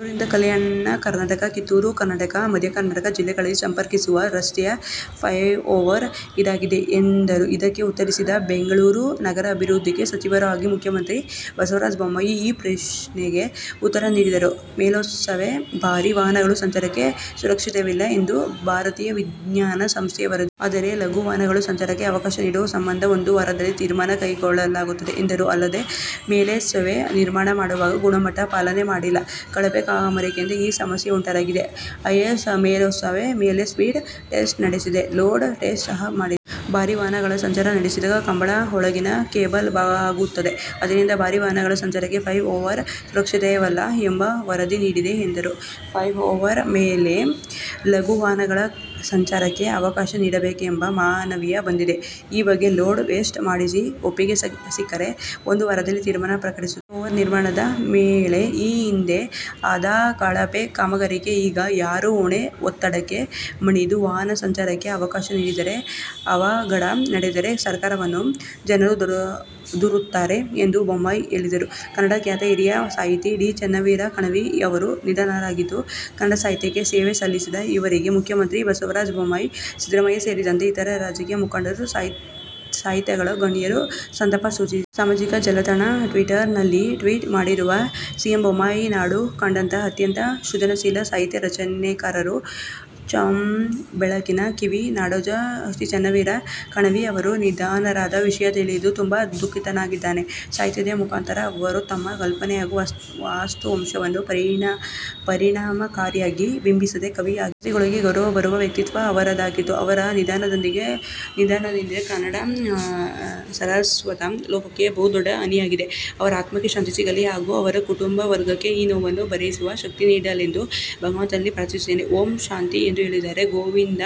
ಬೆಂಗಳೂರಿನಿಂದ ಕಲ್ಯಾಣ ಕರ್ನಾಟಕ, ಕಿತ್ತೂರು ಕರ್ನಾಟಕ, ಮಧ್ಯ ಕರ್ನಾಟಕದ ಜಿಲ್ಲೆಗಳನ್ನು ಸಂಪರ್ಕಿಸುವ ರಸ್ತೆಯ ಫ್ಲೈ ಓವರ್ ಇದಾಗಿದೆ ಎಂದರು. ಇದಕ್ಕೆ ಉತ್ತರಿಸಿದ ಬೆಂಗಳೂರು ನಗರಾಭಿವೃದ್ಧಿ ಸಚಿವರೂ ಆಗಿರುವ ಮುಖ್ಯಮಂತ್ರಿ ಬಸವರಾಜ ಬೊಮ್ಮಾಯಿ ಈ ಪ್ರಶ್ನೆಗೆ ಉತ್ತರ ನೀಡಿದರು. "ಮೇಲ್ಸೆತುವೆ ಭಾರೀ ವಾಹನಗಳ ಸಂಚಾರಕ್ಕೆ ಸುರಕ್ಷಿತವಲ್ಲ ಎಂದು ಭಾರತೀಯ ವಿಜ್ಞಾನ ಸಂಸ್ಥೆ ವರದಿ ನೀಡಿದೆ. ಆದರೆ ಲಘು ವಾಹನಗಳ ಸಂಚಾರಕ್ಕೆ ಅವಕಾಶ ನೀಡುವ ಸಂಬಂಧ ಒಂದು ವಾರದಲ್ಲಿ ತೀರ್ಮಾನ ಕೈಗೊಳ್ಳಲಾಗುತ್ತದೆ" ಎಂದರು. ಅಲ್ಲದೆ 'ಮೇಲ್ಸೆತುವೆ ನಿರ್ಮಾಣ ಮಾಡುವಾಗ ಗುಣಮಟ್ಟ ಪಾಲನೆ ಮಾಡಿಲ್ಲ. ಕಳಪೆ ಕಾಮಗಾರಿಯಿಂದ ಈಗ ಸಮಸ್ಯೆ ಉಂಟಾಗಿದೆ. ಐಐಎಸ್ಸಿ ಮೇಲ್ಸೆತುವೆ ಮೇಲೆ ಸ್ಪೀಡ್ ಟೆಸ್ಟ್ ನಡೆಸಿದೆ, ಲೋಡ್ ಟೆಸ್ಟ್ ಸಹ ಮಾಡಿದೆ. ಭಾರೀ ವಾಹನಗಳು ಸಂಚಾರ ನಡೆಸಿದಾಗ ಕಂಬಗಳ ಒಳಗಿನ ಕೇಬಲ್ ಬಾಗುತ್ತದೆ. ಆದ್ದರಿಂದ ಭಾರೀ ವಾಹನಗಳ ಸಂಚಾರಕ್ಕೆ ಫ್ಲೈ ಓವರ್ ಸುರಕ್ಷಿತವಲ್ಲ ಎಂಬ ವರದಿ ನೀಡಿದೆ ಎಂದರು. "ಫ್ಲೈ ಓವರ್ ಮೇಲೆ ಲಘು ವಾಹನಗಳ ಸಂಚಾರಕ್ಕೆ ಅವಕಾಶ ನೀಡಬೇಕು ಎಂಬ ಮನವಿಯೂ ಬಂದಿದೆ. ಈ ಬಗ್ಗೆ ಲೋಡ್ ಟೆಸ್ಟ್ ಮಾಡಿಸಿ ಒಪ್ಪಿಗೆ ಸಿಕ್ಕರೆ ಒಂದು ವಾರದಲ್ಲಿ ತೀರ್ಮಾನ ಪ್ರಕಟಿಸುತ್ತೇವೆ. ಫ್ಲೈ ಓವರ್ ನಿರ್ಮಾಣದ ವೇಳೆ ಈ ಹಿಂದೆ ಆದ ಕಳಪೆ ಕಾಮಗಾರಿಗೆ ಈಗ ಯಾರು ಹೊಣೆ. ಒತ್ತಡಕ್ಕೆ ಮಣಿದು ವಾಹನ ಸಂಚಾರಕ್ಕೆ ಅವಕಾಶ ನೀಡಿದರೆ ಅವಘಡ ನಡೆದರೆ ಸರ್ಕಾರವನ್ನು ಜನರು ದೂರುತ್ತಾರೆ ಎಂದು ಬೊಮ್ಮಾಯಿ ಹೇಳಿದರು. ಕನ್ನಡದ ಖ್ಯಾತ ಹಿರಿಯ ಸಾಹಿತಿ ಡಾ. ಚೆನ್ನವೀರ ಕಣವಿ ಅವರು ನಿಧನರಾಗಿದ್ದು, ಕನ್ನಡ ಸಾಹಿತ್ಯಕ್ಕೆ ಸೇವೆ ಸಲ್ಲಿಸಿದ ಇವರಿಗೆ ಮುಖ್ಯಮಂತ್ರಿ ಬಸವರಾಜ ಬೊಮ್ಮಾಯಿ, ಸಿದ್ದರಾಮಯ್ಯ ಸೇರಿದಂತೆ ಇತರೆ ರಾಜಕೀಯ ಮುಖಂಡರು, ಸಾಹಿತಿಗಳು, ಗಣ್ಯರು ಸಂತಾಪ ಸೂಚಿಸಿದ್ದಾರೆ. ಸಾಮಾಜಿಕ ಜಾಲತಾಣ ಟ್ವಿಟರ್ ನಲ್ಲಿ ಟ್ವೀಟ್ ಮಾಡಿರುವ ಸಿಎಂ ಬೊಮ್ಮಾಯಿ, ನಾಡು ಕಂಡಂತಹ ಅತ್ಯಂತ ಸೃಜನಶೀಲ ಸಾಹಿತ್ಯ ರಚನೆಕಾರರು, ಚಂಬೆಳಕಿನ ಕವಿ, ನಾಡೋಜ ಶ್ರೀ ಚೆನ್ನವೀರ ಕಣವಿ ಅವರು ನಿಧನರಾದ ವಿಷಯ ತಿಳಿದು ತುಂಬಾ ದುಃಖಿತನಾಗಿದ್ದೇನೆ. ಸಾಹಿತ್ಯದ ಮುಖಾಂತರ ಅವರು ತಮ್ಮ ಕಲ್ಪನೆ ಹಾಗೂ ವಾಸ್ತವಾಂಶವನ್ನು ಪರಿಣಾಮಕಾರಿಯಾಗಿ ಬಿಂಬಿಸಿದ ಕವಿ ಆಗಿದ್ದರು. ಪ್ರಶಸ್ತಿಗಳಿಗೆ ಗೌರವ ಬರುವ ವ್ಯಕ್ತಿತ್ವ ಅವರದಾಗಿತ್ತು. ಅವರ ನಿಧನದಿಂದ ಕನ್ನಡ ಸಾರಸ್ವತ ಲೋಕಕ್ಕೆ ಬಹುದೊಡ್ಡ ಹಾನಿಯಾಗಿದೆ. ವರ ಆತ್ಮಕ್ಕೆ ಶಾಂತಿ ಸಿಗಲಿ ಹಾಗು ಅವರ ಕುಟುಂಬ ವರ್ಗಕ್ಕೆ ಈ ನೋವನ್ನು ಭರಿಸುವ ಶಕ್ತಿ ನೀಡಲಿಯೆಂದು ಭಗವಂತನಲ್ಲಿ ಪ್ರಾರ್ಥಿಸುತ್ತೇನೆ. ಓಂ ಶಾಂತಿಃ ಎಂದು ಹೇಳಿದ್ದಾರೆ. ಗೋವಿಂದ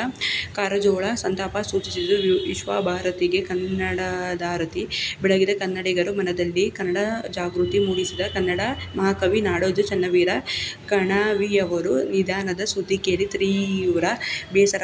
ಕಾರಜೋಳ ಸಂತಾಪ ಸೂಚಿಸಿದ್ದು, ವಿಶ್ವ ಭಾರತಿಗೆ ಕನ್ನಡಧಾರತಿ ಬೆಳಗಿದ ಕನ್ನಡಿಗರ ಮನದಲ್ಲಿ ಕನ್ನಡ ಜಾಗೃತಿ ಮೂಡಿಸಿದ ಕನ್ನಡದ ಮಹಾಕವಿ ನಾಡೋಜ ಚೆನ್ನವೀರ ಕಣವಿಯವರ ನಿಧನದ ಸುದ್ಧಿ ಕೇಳಿ ತೀವ್ರ ಬೇಸರವಾಯಿತು.